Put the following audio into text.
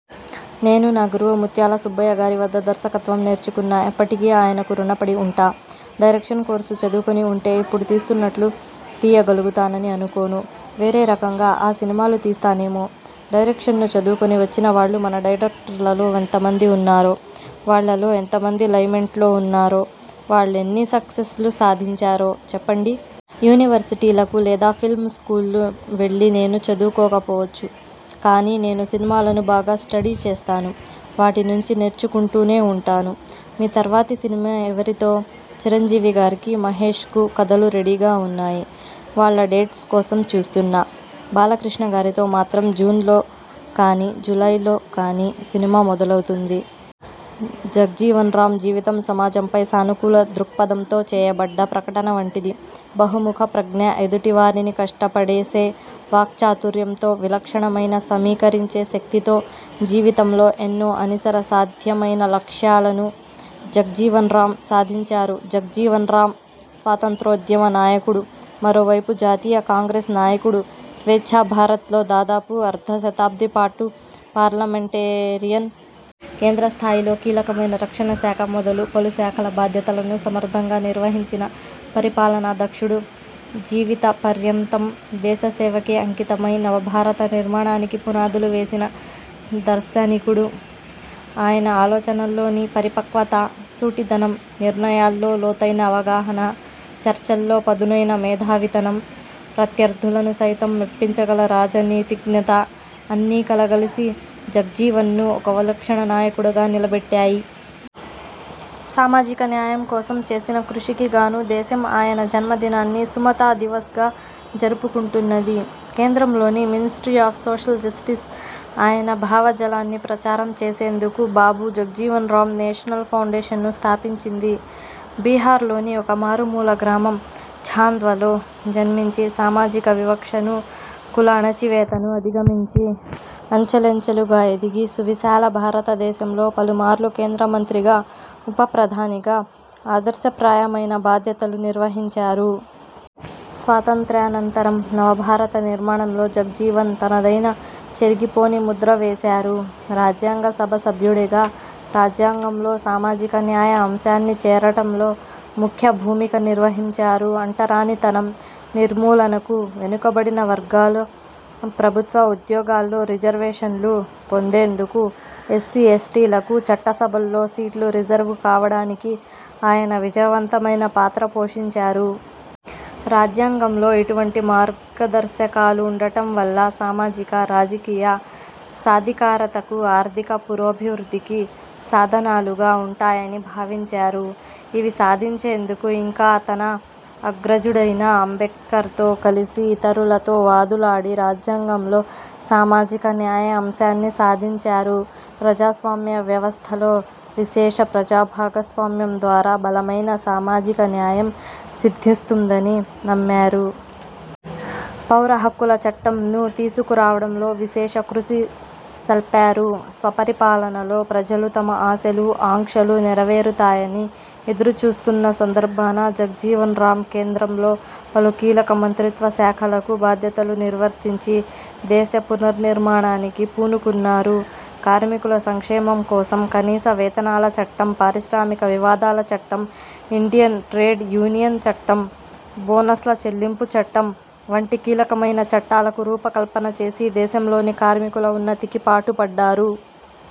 నేను నా గురువు ముత్యాల సుబ్బయ్యగారి వద్ద దర్శకత్వం నేర్చుకున్నా. ఎప్పటికీ ఆయనకు రుణపడి ఉంటా. డైరెక్షన్ కోర్సు చదువుకొని ఉంటే ఇప్పుడు తీస్తున్నట్లు తీయగలుగుతానని అనుకోను. వేరే రకంగా ఆ సినిమాలు తీస్తానేమో. డైరెక్షన్ను చదువుకొని వచ్చినవాళ్లు మన డైరెక్టర్లలో ఎంతమంది ఉన్నారో, వాళ్లలో ఎంతమంది లైమ్లైట్లో ఉన్నారో, వాళ్లెన్ని సక్సెస్లు సాధించారో చెప్పండి! యూనివర్శిటీలకు లేదా ఫిల్మ్ స్కూల్లు వెళ్లి నేను చదువుకోకపోవచ్చు. కానీ నేను సినిమాలను బాగా స్టడీ చేస్తాను. వాటి నుంచి నేర్చుకుంటూనే ఉంటాను. మీ తర్వాతి సినిమా ఎవరితో? చిరంజీవిగారికీ, మహేశ్కూ కథలు రెడీగా ఉన్నాయి. వాళ్ల డేట్స్ కోసం చూస్తున్నా. బాలకృష్ణగారితో మాత్రం జూన్లో కానీ, జూలైలో కానీ సినిమా మొదలవుతుంది. జగ్జీవన్రామ్ జీవితం సమాజంపై సానుకూల దృక్పథంతో చేయబడ్డ ప్రకటన వంటిది. బహుముఖ ప్రజ్ఞ, ఎదుటి వారిని కట్షపడేసే వాక్చాతుర్యంతో, విలక్షణమైన సమీకరించే శక్తితో జీవితంలో ఎన్నో అనిసర సాధ్యమైన లక్ష్యాలను జగ్జీవన్రామ్ సాధించారు. జగ్జీవన్రామ్ స్వాతంత్య్రోద్యమ నాయకుడు. మరోవైపు జాతీయ కాంగ్రెస్ నాయకుడు. స్వేచ్ఛా భారత్లో దాదాపు అర్ధ శతాబ్ది పాటు పార్లమెంటేరియన్. కేంద్ర స్థాయిలో కీలకమైన రక్షణ శాఖ మొదలు పలుశాఖల బాధ్యతలను సమర్థంగా నిర్వహించిన పరిపాలనాదక్షుడు. జీవిత పర్యంతం దేశ సేవకే అంకితమై నవభారత నిర్మాణానికి పునాదులు వేసిన దర్శనికుడు. ఆయన ఆలోచనల్లోని పరిపక్వత, సూటిదనం, నిర్ణయాల్లో లోతైన అవగాహన, చర్చల్లో పదునైన మేధావితనం ప్రత్యర్థులను సైతం మెప్పించగల రాజనీతిజ్ఞత అన్నీ కలగలిసి జగ్జీవన్ను ఒక విలక్షణ నాయకుడిగా నిలబెట్టాయి. సామాజిక న్యాయం కోసం చేసిన కృషికిగాను దేశం ఆయన జన్మదినాన్ని సుమతా దివాస్' గా జరుపుకుంటున్నది. కేంద్రంలోని 'మినిస్ట్రీ ఆఫ్ సోషల్ జస్టిస్' ఆయన భావజాలాన్ని ప్రచారం చేసేందుకు 'బాబూ జగ్జీవన్రామ్ నేషనల్ ఫౌండేషన్'ను స్థాపించింది. బీహార్లోని ఒక మారుమూల గ్రామం 'ఛాంద్వ'లో జన్మించి సామాజిక వివక్షను, కుల అణచివేతను అధిగమించి అంచెలంచెలుగా ఎదిగి సువిశాల భారత దేశంలో పలుమార్లు కేంద్ర మంత్రిగా, ఉప ప్రధానిగా ఆదర్శప్రాయమైన బాధ్యతలు నిర్వహించారు. స్వాతంత్య్రానంతరం నవభారత నిర్మాణంలో జగ్జీవన్ తనదైన చెరిగిపోని ముద్ర వేశారు. రాజ్యాంగ సభ సభ్యుడిగా రాజ్యాంగంలో సామాజిక న్యాయ అంశాన్ని చేరటంలో ముఖ్య భూమిక నిర్వహించారు. అంటరాని తనం నిర్మూలనకు, వెనుకబడిన వర్గాలు ప్రభుత్వ ఉద్యోగాల్లో రిజర్వేషన్లు పొందేందుకు ఎస్సీ ఎస్టీలకు చట్టసభల్లో సీట్లు రిజర్వు కావడానికి ఆయన విజయవంతమైన పాత్ర పోషించారు. రాజ్యాంగంలో ఇటువంటి మార్గదర్శకాలు ఉండటం వల్ల సామాజిక -రాజకీయ సాధికారతకు, ఆర్థిక పురోభివృద్ధికి సాధనాలుగా ఉంటాయని భావించారు. ఇవి సాధించేందుకు ఇంకా తన అగ్రజుడైన ఆంబేడ్కర్తో కలిసి ఇతరులతో వాదులాడి రాజ్యాంగంలో సామాజిక న్యాయ అంశాన్ని సాధించారు. ప్రజాస్వామ్య వ్యవస్థలో విశేష ప్రజాభాగస్వామ్యం ద్వారా బలమైన సామాజిక న్యాయం సిద్ధిస్తుందని నమ్మారు. పౌరహక్కుల చట్టం– ను తీసుకురావడంలో విశేష కృషి సల్పారు. స్వపరిపాలనలో ప్రజలు తమ ఆశలు, ఆకాంక్షలు నెరవేరుతాయని ఎదురుచూస్తున్న సందర్భాన జగ్జీవన్రామ్ కేంద్రంలో పలు కీలక మంత్రిత్వశాఖలకు బాధ్యతలు నిర్వర్తించి దేశ పునర్నిర్మాణానికి పూనుకున్నారు. కార్మికుల సంక్షేమం కోసం కనీస వేతనాల చట్టం, పారిశ్రామిక వివాదాల చట్టం, ఇండియన్ ట్రేడ్ యూనియన్ చట్టం, బోనస్ల చెల్లింపు చట్టం వంటి కీలకమైన చట్టాలకు రూపకల్పన చేసి దేశంలోని కార్మికుల ఉన్నతికి పాటుపడ్డారు.